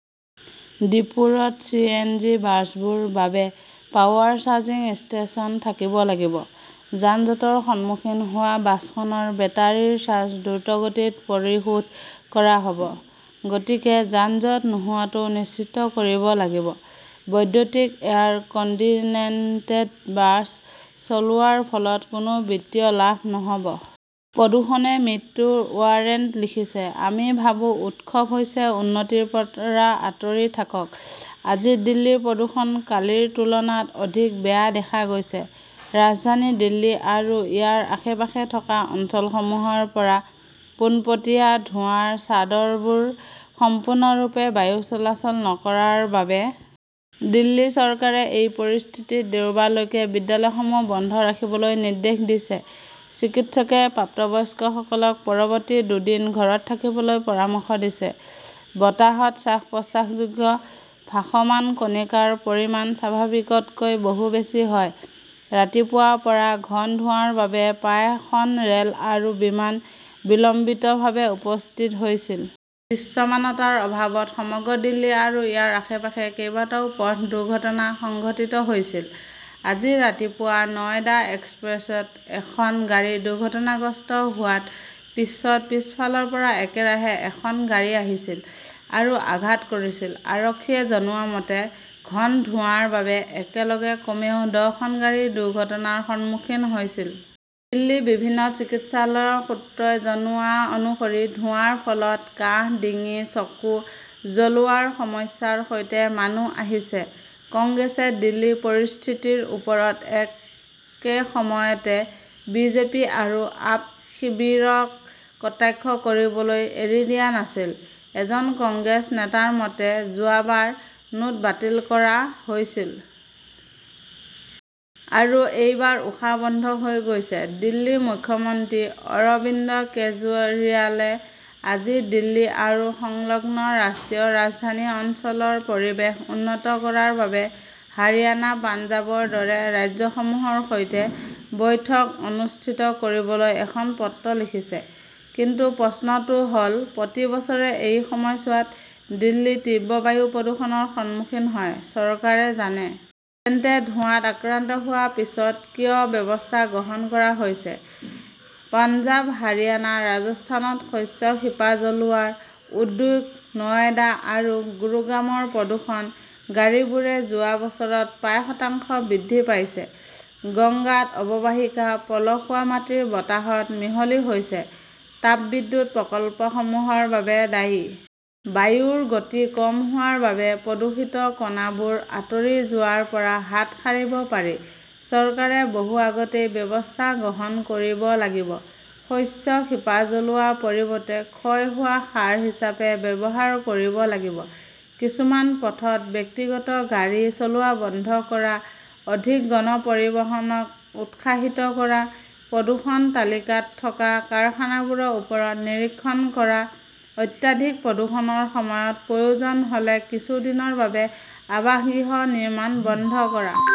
ডিপোবোৰত C. N. G. বাছবোৰ বাবে power charging station থাকিব লাগিব, যান-জঁটৰ সন্মুখীন হোৱা বাছখনৰ বেটাৰীৰ চাৰ্জ দ্ৰুতগতিত পৰিশোধ কৰা হ ব। গতিকে যান-জঁট নোহোৱাটোও নিশ্চিত কৰিব লাগিব। বৈদ্যুতিক এয়াৰ-কণ্টিনেণ্টেড বাছ চলোৱাৰ ফলত কোনো বিত্তীয় লাভ নহব। প্ৰদূষণে মৃত্যুৰ ৱাৰেণ্ট লিখিছে, আমি ভাবো উৎসৱ হৈছে উন্নতিৰ পৰা আঁতৰি থাকক, আজি দিল্লীৰ প্ৰদূষণ কালিৰ তুলনাত অধিক বেয়া দেখা গৈছে। ৰাজধানী দিল্লী আৰু ইয়াৰ আশে-পাশে থকা অঞ্চলসমূহৰ পৰা পোনপটীয়া ধোঁৱাৰ চাদৰবোৰ সম্পূৰ্ণৰূপে বায়ু চলাচল নকৰাৰ বাবে। দিল্লী চৰকাৰে এই পৰিস্থিতিত দেওবাৰলৈকে বিদ্যালয়সমূহ বন্ধ ৰাখিবলৈ নিৰ্দেশ দিছে। চিকিৎসকে প্ৰাপ্তবয়স্কসকলক পৰৱৰ্তী দুদিন ঘৰত থাকিবলৈ পৰামৰ্শ দিয়ে। বতাহত শ্বাস-প্ৰশ্বাসযোগ্য ভাসমান কণিকাৰ পৰিমাণ স্বাভাৱিকতকৈ বহু বেছি হয়। ৰাতিপুৱাৰ পৰাই ঘন ধোঁৱাৰ বাবে প্ৰায় খন ৰেল আৰু বিমান বিলম্বিতভাৱে উপস্থিত হৈছিল। দৃশ্যমানতাৰ অভাৱত সমগ্ৰ দিল্লী আৰু ইয়াৰ আশে-পাশে কেইবাটাও পথ দুৰ্ঘটনা সংঘটিত হৈছিল। আজি ৰাতিপুৱা নয়ডা এক্সপ্ৰেছৱেত এখন গাড়ী দুৰ্ঘটনাগ্ৰস্ত হোৱাৰ পিছত পিছফালৰ পৰা একেৰাহে এখন গাড়ী আহিছিল আৰু আঘাত কৰিছিল। আৰক্ষীয়ে জনোৱা মতে, ঘন ধোঁৱাৰ বাবে একেলগে কমেও দহখন গাড়ী দুৰ্ঘটনাৰ সন্মুখীন হৈছিল। দিল্লীৰ বিভিন্ন চিকিৎসালয়ৰ সূত্ৰই জনোৱা অনুসৰি ধোঁৱাৰ ফলত কাহ, ডিঙি, চকু জ্বলোৱাৰ সমস্যাৰ সৈতে মানুহ আহিছে। কংগ্ৰেছে দিল্লীৰ পৰিস্থিতিৰ ওপৰত একে সময়তে বিজেপি আৰু আপ শিবিৰক কটাক্ষ কৰিবলৈ এৰি দিয়া নাছিল। এজন কংগ্ৰেছ নেতাৰ মতে, যোৱা বাৰ নোট বাতিল কৰা হৈছিল। আৰু এইবাৰ উশাহ বন্ধ হৈ গৈছে। দিল্লীৰ মুখ্যমন্ত্ৰী অৰবিন্দ কেজৰিৱালে আজি দিল্লী আৰু সংলগ্ন ৰাষ্ট্ৰীয় ৰাজধানী অঞ্চলৰ পৰিৱেশ উন্নত কৰাৰ বাবে হাৰিয়ানা-পঞ্জাৱৰ দৰে ৰাজ্যসমূহৰ সৈতে বৈঠক অনুষ্ঠিত কৰিবলৈ এখন পত্ৰ লিখিছে। কিন্তু প্ৰশ্নটো হ 'ল, প্ৰতি বছৰে এই সময়ছোৱাত দিল্লী তীব্ৰ বায়ু প্ৰদূষণৰ সন্মুখীন হয়, চৰকাৰে জানে। তেন্তে ধোঁৱাত আক্ৰান্ত হোৱাৰ পিছত কিয় ব্যৱস্থা গ্ৰহণ কৰা হৈছে? পঞ্জাৱ, হাৰিয়ানা, ৰাজস্থানত শস্যৰ শিপা জ্বলোৱা; উদ্যোগ, নয়ডা আৰু গুৰুগ্ৰামৰ প্ৰদূষণ, গাড়ীবোৰে যোৱা বছৰত প্ৰায় শতাংশ বৃদ্ধি পাইছে। গংগাত অৱবাহিকাৰ পলসুৱা মাটি বতাহত মিহলি হৈছে, তাপবিদ্যুৎ প্ৰকল্পসমূহৰ বাবে দায়ী। বায়ুৰ গতি কম হোৱাৰ বাবে প্ৰদূষিত কণাবোৰ আঁতৰি যোৱাৰ পৰা হাত সাৰিব পাৰি। চৰকাৰে বহু আগতেই ব্যৱস্থা গ্ৰহণ কৰিব লাগিব। শস্যৰ শিপা জ্বলোৱাৰ পৰিৱৰ্তে ক্ষয় হোৱা সাৰ হিচাপে ব্যৱহাৰ কৰিব লাগিব। কিছুমান পথত ব্যক্তিগত গাড়ী চলোৱা বন্ধ কৰা; অধিক গণ পৰিবহণক উৎসাহিত কৰা; প্ৰদূষণৰ তালিকাত থকা কাৰখানাবোৰৰ ওপৰত নিৰীক্ষণ কৰা; অত্যাধিক প্ৰদূষণৰ সময়ত প্ৰয়োজন হ 'লে কিছু দিনৰ বাবে আৱাসগৃহ নিৰ্মাণ বন্ধ কৰা।